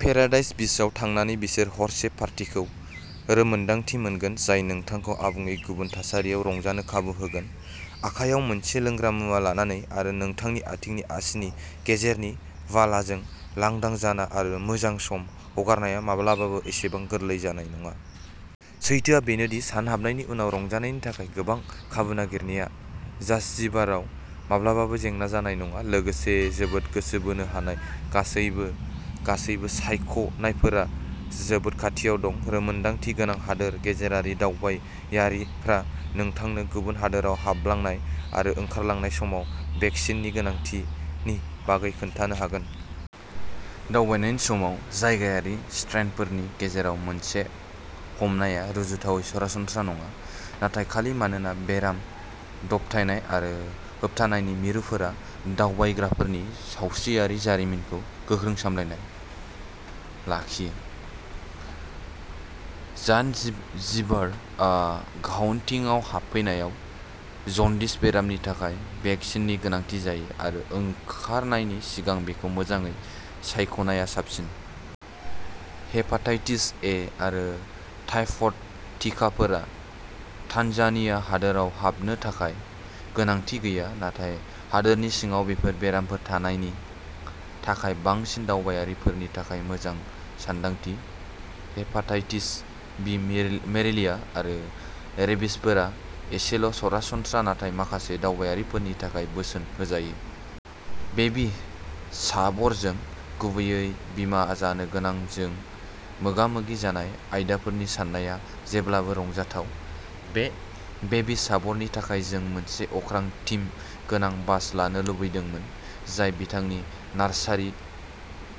Paradise बीचआव थांनानै बिसोर हरसे पार्टीखौ रोंमोन्दांथि मोनगोन, जाय नोंथांखौ आबुङै गुबुन थासारियाव रंजानो खाबु होगोन। आखायाव मोनसे लोंग्रा मुवा लानानै, आरो नोंथांनि आथिंनि आसिनि गेजेरनि बालाजों, लांदां जाना आरो मोजां सम हगारनाया माब्लाबाबो एसेबां गोरलै जानाय नङा। सैथोआ बेनो दि, सानहाबनायनि उनाव रंजानायनि थाखाय गोबां खाबु नागिरनाया जाञ्जिबाराव माब्लाबाबो जेंना जानाय नङा, लोगोसे जोबोद गोसो बोनो हानाय गासैबो सायख'नायफोरा जोबोद खाथियाव दं। रोंमोन्दांथि गोनां हादोर गेजेरारि दावबायारिफ्रा नोंथांनो गुबुन हादोराव हाबलांनाय आरो ओंखारलांनाय समाव भेकसिननि गोनांथिनि बागै खोन्थानो हागोन। दावबायनायनि समाव जायगायारि स्ट्रेनफोरनि गेजेराव मोनसेखौ हमनाया रुजुथावै सरासनस्रा नङा, नाथाय खालि मानोना बेराम दबथायनाय आरो होबथानायनि मिरुफोरा दावबायग्राफोरनि सावस्रियारि जारिमिनखौ गोख्रों सामलायना लाखियो। जानजिबारआ काउन्टिआव हाबफैनायाव जन्दिस बेरामनि थाखाय भेकसिननि गोनांथि जायो, आरो ओंखारनायनि सिगां बेखौ मोजाङै सायख'नाया साबसिन। हेपाटाइटिस ए आरो टाइफइड टिकाफोरा तान्जानिया हादोराव हाबनो थाखाय गोनांथि गैया, नाथाय हादोरनि सिङाव बेफोर बेरामफोर थानायनि थाखाय बांसिन दावबायारिफोरनि थाखाय मोजां सानदांथि। हेपाटाइटिस बि, मेलेरिया आरो रेबिसफोरा एसेल'सरासनस्रा, नाथाय माखासे दावबायारिफोरनि थाखाय बोसोन होजायो। बेबी शावरजों, गुबैयै, बिमा जानो गोनांजों मोगामोगि जानाय आयदाफोरखौ साननाया जेब्लाबो रंजाथाव। बे बेबी शावरनि थाखाय, जों मोनसे अख्रां-थीम गोनां बाश लानो लुबैदोंमोन, जाय बिथांनि नार्सारि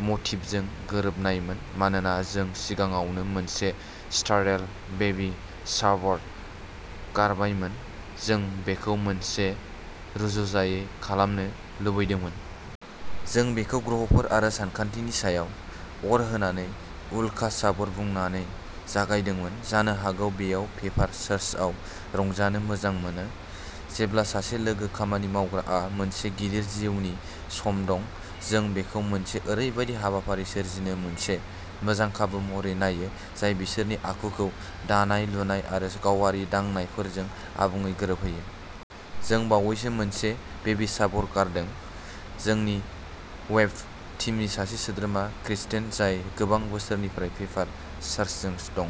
मटिफजों गोरोबनायमोन। मानोना जों सिगाङावनो मोनसे "स्टारेल" बेबी शावर गारबायमोन, जों बेखौ मोनसे रुजुजायै खालामनो लुबैदोंमोन। जों बेखौ ग्रहफोर आरो सानखान्थिनि सायाव जर होनानै "उल्का" शावर बुंनानै जागायदोंमोन। जानो हागौ बेयाव पेपार सोर्सआव रंजानो मोजां मोनो। जेब्ला सासे लोगो-खामानि मावग्राआ मोनसे गिदिर जिउनि सम दं, जों बेखौ मोनसे ओरैबायदि हाबाफारि सोरजिनो मोनसे मोजां खाबु महरै नायो, जाय बिसोरनि आखुखौ दानाय-लुनाय आरो गावारि दांनायफोरजों आबुङै गोरोबहोयो। जों बावैसो मोनसे बेबी शावर गारदों। जोंनि वेब टीमनि सासे सोद्रोमा, क्रिस्टेन, जाय गोबां बोसोरनिफ्राय पेपार सोर्सजों दं।